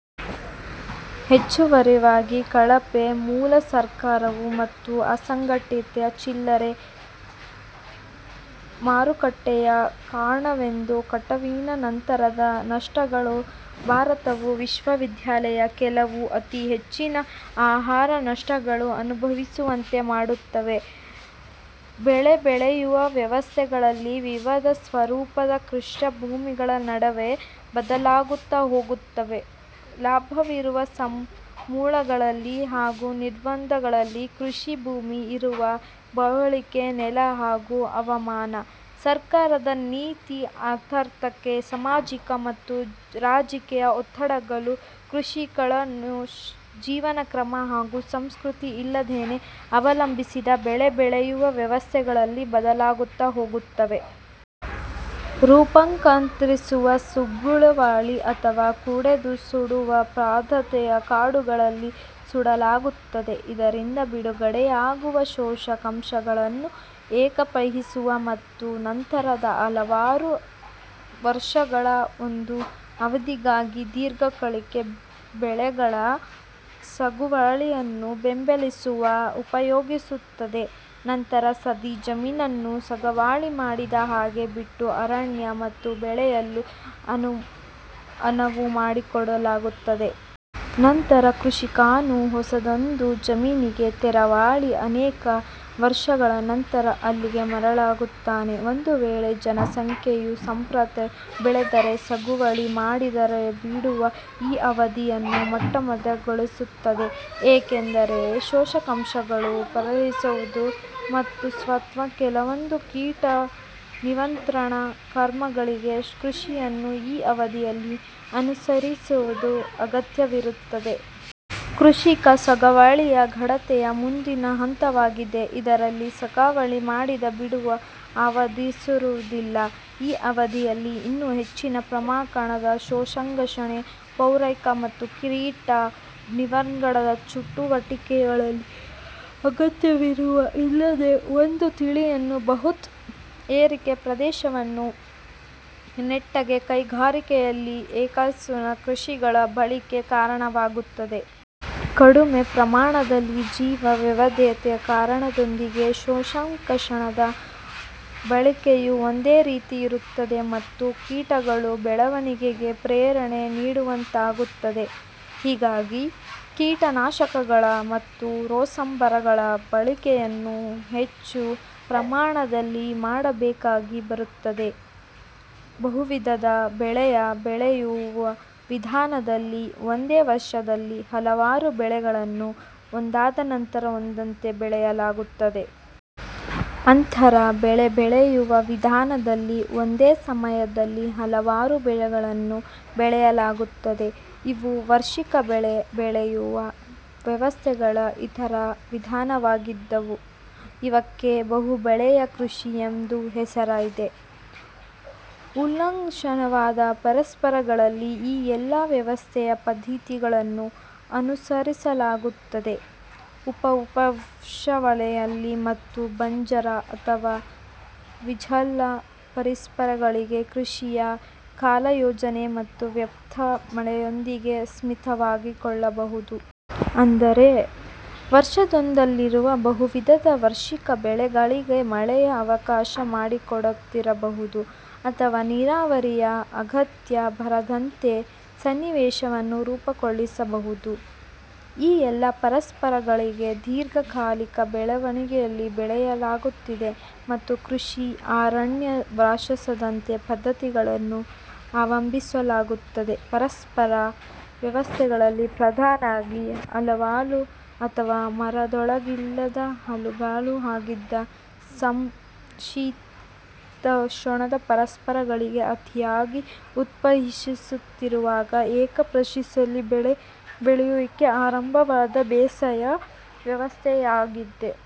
ಹೆಚ್ಚುವರಿಯಾಗಿ, ಕಳಪೆ ಮೂಲಸೌಕರ್ಯ ಮತ್ತು ಅಸಂಘಟಿತ ಚಿಲ್ಲರೆ ಮಾರುಕಟ್ಟೆಯ ಕಾರಣದಿಂದ ಕಟಾವಿನ ನಂತರದ ನಷ್ಟಗಳು ಭಾರತವು ವಿಶ್ವದಲ್ಲಿನ ಕೆಲವು ಅತಿ ಹೆಚ್ಚಿನ ಆಹಾರ ನಷ್ಟಗಳು ಅನುಭವಿಸುವಂತೆ ಮಾಡುತ್ತಿವೆ. ಬೆಳೆ ಬೆಳೆಯುವ ವ್ಯವಸ್ಥೆಗಳು ವಿವಿಧ ಸ್ವರೂಪದ ಕೃಷಿಭೂಮಿಗಳ ನಡುವೆ ಬದಲಾಗುತ್ತಾ ಹೋಗುತ್ತವೆ. ಲಭ್ಯವಿರುವ ಸಂಪನ್ಮೂಲಗಳು ಹಾಗೂ ನಿರ್ಬಂಧಗಳು; ಕೃಷಿಭೂಮಿ ಇರುವ ಭೌಗೋಳಿಕ ನೆಲೆ ಹಾಗೂ ಹವಾಮಾನ; ಸರ್ಕಾರದ ನೀತಿ; ಆರ್ಥಿಕ, ಸಾಮಾಜಿಕ ಮತ್ತು ರಾಜಕೀಯ ಒತ್ತಡಗಳು; ಕೃಷಿಕನ ಜೀವನಕ್ರಮ ಹಾಗೂ ಸಂಸ್ಕೃತಿ ಇವೆಲ್ಲದನ್ನೂ ಅವಲಂಬಿಸಿ ಬೆಳೆ ಬೆಳೆಯುವ ವ್ಯವಸ್ಥೆಗಳು ಬದಲಾಗುತ್ತಾ ಹೋಗುತ್ತವೆ. ರೂಪಾಂತರಿಸುವ ಸಾಗುವಳಿ ಅಥವಾ ಕಡಿದು ಸುಡುವ ಪದ್ಧತಿಯಲ್ಲಿ ಕಾಡುಗಳನ್ನು ಸುಡಲಾಗುತ್ತದೆ. ಇದರಿಂದ ಬಿಡುಗಡೆಯಾಗುವ ಪೋಷಕಾಂಶಗಳನ್ನು ಏಕಫಸಲಿನ ಮತ್ತು ನಂತರದಲ್ಲಿ ಹಲವಾರು ವರ್ಷಗಳ ಒಂದು ಅವಧಿಗಾಗಿ ದೀರ್ಘಕಾಲಿಕ ಬೆಳೆಗಳ ಸಾಗುವಳಿಯನ್ನು ಬೆಂಬಲಿಸಲು ಉಪಯೋಗಿಸಲಾಗುತ್ತದೆ. ನಂತರ ಸದರಿ ಜಮೀನನ್ನು ಸಾಗುವಳಿ ಮಾಡದೆ ಹಾಗೇ ಬಿಟ್ಟು, ಅರಣ್ಯವು ಮತ್ತೆ ಬೆಳೆಯಲು ಅನುವು ಮಾಡಿಕೊಡಲಾಗುತ್ತದೆ. ನಂತರ ಕೃಷಿಕನು ಹೊಸತೊಂದು ಜಮೀನಿಗೆ ತೆರಳಿ, ಅನೇಕ ವರ್ಷಗಳ ನಂತರ ಅಲ್ಲಿಗೆ ಮರಳುತ್ತಾನೆ. ಒಂದು ವೇಳೆ ಜನಸಂಖ್ಯಾ ಸಾಂದ್ರತೆಯು ಬೆಳೆದರೆ, ಸಾಗುವಳಿ ಮಾಡದೆ ಬಿಡುವ ಈ ಅವಧಿಯನ್ನು ಮೊಟಕುಗೊಳಿಸಲಾಗುತ್ತದೆ. ಏಕೆಂದರೆ, ಪೋಷಕಾಂಶಗಳು ಪೂರೈಸುವುದು ಮತ್ತು ಸ್ವತಃ ಕೆಲವೊಂದು ಕೀಟ ನಿಯಂತ್ರಣ ಕ್ರಮಗಳನ್ನು ಕೃಷಿಕನು ಈ ಅವಧಿಯಲ್ಲಿ ಅನುಸರಿಸುವುದು ಅಗತ್ಯವಿರುತ್ತದೆ. ವಾರ್ಷಿಕ ಸಾಗುವಳಿಯು ಗಾಢತೆಯ ಮುಂದಿನ ಹಂತವಾಗಿದ್ದು, ಇದರಲ್ಲಿ ಸಾಗುವಳಿ ಮಾಡದೆ ಬಿಡುವ ಅವಧಿಯಿರುವುದಿಲ್ಲ. ಈ ಅವಧಿಯಲ್ಲಿ ಇನ್ನೂ ಹೆಚ್ಚಿನ ಪ್ರಮಾಣದ ಪೋಷಕಾಂಶದ ಪೂರೈಕೆ ಮತ್ತು ಕೀಟ ನಿಯಂತ್ರಣದ ಚಟುವಟಿಕೆಗಳು ಅಗತ್ಯವಿರುತ್ತವೆ. ಇದಲ್ಲದೆ, ಒಂದು ತಳಿಯನ್ನು ಬೃಹತ್ ಎಕರೆ ಪ್ರದೇಶದಲ್ಲಿ ನೆಟ್ಟಾಗ, ಕೈಗಾರಿಕೀಕರಣವು ಏಕಫಸಲಿನ ಕೃಷಿಗಳ ಬಳಕೆಗೆ ಕಾರಣವಾಗುತ್ತದೆ. ಕಡಿಮೆ ಪ್ರಮಾಣದ ಜೀವ ವೈವಿಧ್ಯತೆ ಯ ಕಾರಣದಿಂದಾಗಿ, ಪೋಷಕಾಂಶದ ಬಳಕೆಯು ಒಂದೇ ರೀತಿಯಲ್ಲಿರುತ್ತದೆ, ಮತ್ತು ಕೀಟಗಳ ಬೆಳವಣಿಗೆಗೆ ಪ್ರೇರಣೆ ನೀಡಿದಂತಾಗುತ್ತದೆ. ಹೀಗಾಗಿ, ಕೀಟನಾಶಕಗಳ ಮತ್ತು ರಸಗೊಬ್ಬರಗಳ ಬಳಕೆಯನ್ನು ಹೆಚ್ಚಿನ ಪ್ರಮಾಣದಲ್ಲಿ ಮಾಡಬೇಕಾಗಿ ಬರುತ್ತದೆ. ಬಹುವಿಧದ ಬೆಳೆ ಬೆಳೆಯುವ ವಿಧಾನದಲ್ಲಿ, ಒಂದೇ ವರ್ಷದಲ್ಲಿ ಹಲವಾರು ಬೆಳೆಗಳನ್ನು ಒಂದಾದ ನಂತರ ಒಂದರಂತೆ ಬೆಳೆಯಲಾಗುತ್ತದೆ. ಅಂತರ ಬೆಳೆ ಬೆಳೆಯುವ ವಿಧಾನದಲ್ಲಿ ಒಂದೇ ಸಮಯದಲ್ಲಿ ಹಲವಾರು ಬೆಳೆಗಳನ್ನು ಬೆಳೆಯಲಾಗುತ್ತದೆ. ಇವು ವಾರ್ಷಿಕ ಬೆಳೆ ಬೆಳೆಯುವ ವ್ಯವಸ್ಥೆಗಳ ಇತರ ವಿಧಗಳಾಗಿದ್ದು, ಇವಕ್ಕೆ ಬಹುಬೆಳೆಯ ಕೃಷಿ ಎಂದು ಹೆಸರಿದೆ. ಉಷ್ಣವಲಯದ ಪರಿಸರಗಳಲ್ಲಿ ಈ ಎಲ್ಲ ವ್ಯವಸಾಯ ಪದ್ಧತಿಗಳನ್ನೂ ಅನುಸರಿಸಲಾಗುತ್ತದೆ. ಉಪ-ಉಷ್ಣವಲಯ ಮತ್ತು ಬಂಜರು ಅಥವಾ ನಿರ್ಜಲ ಪರಿಸರಗಳಲ್ಲಿ, ಕೃಷಿಯ ಕಾಲಯೋಜನೆ ಮತ್ತು ವ್ಯಾಪ್ತಿಯು ಮಳೆಯಿಂದಾಗಿ ಸೀಮಿತಗೊಳ್ಳಬಹುದು. ಅಂದರೆ, ವರ್ಷವೊಂದರಲ್ಲಿನ ಬಹುವಿಧದ ವಾರ್ಷಿಕ ಬೆಳೆಗಳಿಗೆ ಮಳೆಯು ಅವಕಾಶ ಮಾಡಿಕೊಡದಿರಬಹುದು, ಅಥವಾ ನೀರಾವರಿ ಯ ಅಗತ್ಯ ಬಾರದಂಥ ಸನ್ನಿವೇಶವನ್ನು ರೂಪಿಸಬಹುದು. ಈ ಎಲ್ಲ ಪರಿಸರಗಳಲ್ಲಿ ದೀರ್ಘಕಾಲಿಕ ಬೆಳೆಗಳನ್ನು ಬೆಳೆಯಲಾಗುತ್ತದೆ ಮತ್ತು ಕೃಷಿ ಅರಣ್ಯಶಾಸ್ತ್ರದಂಥ ಪದ್ಧತಿಗಳನ್ನು ಅಭ್ಯಸಿಸಲಾಗುತ್ತದೆ. ಪರಿಸರ ವ್ಯವಸ್ಥೆಗಳು ಪ್ರಧಾನವಾಗಿ ಹುಲ್ಲುಗಾವಲು ಅಥವಾ ಮರಗಳಿಲ್ಲದ ಹುಲ್ಲುಗಾವಲು ಆಗಿದ್ದ ಸಮಶೀತೋಷ್ಣ ಪರಿಸರಗಳಲ್ಲಿ ಅತೀವವಾಗಿ ಉತ್ಪಾದಕಶೀಲವಾಗಿರುವ ಏಕಫಸಲಿನ ಬೆಳೆ ಬೆಳೆಯುವಿಕೆಯು ಪ್ರಬಲವಾದ ಬೇಸಾಯ ವ್ಯವಸ್ಥೆಯಾಗಿದೆ.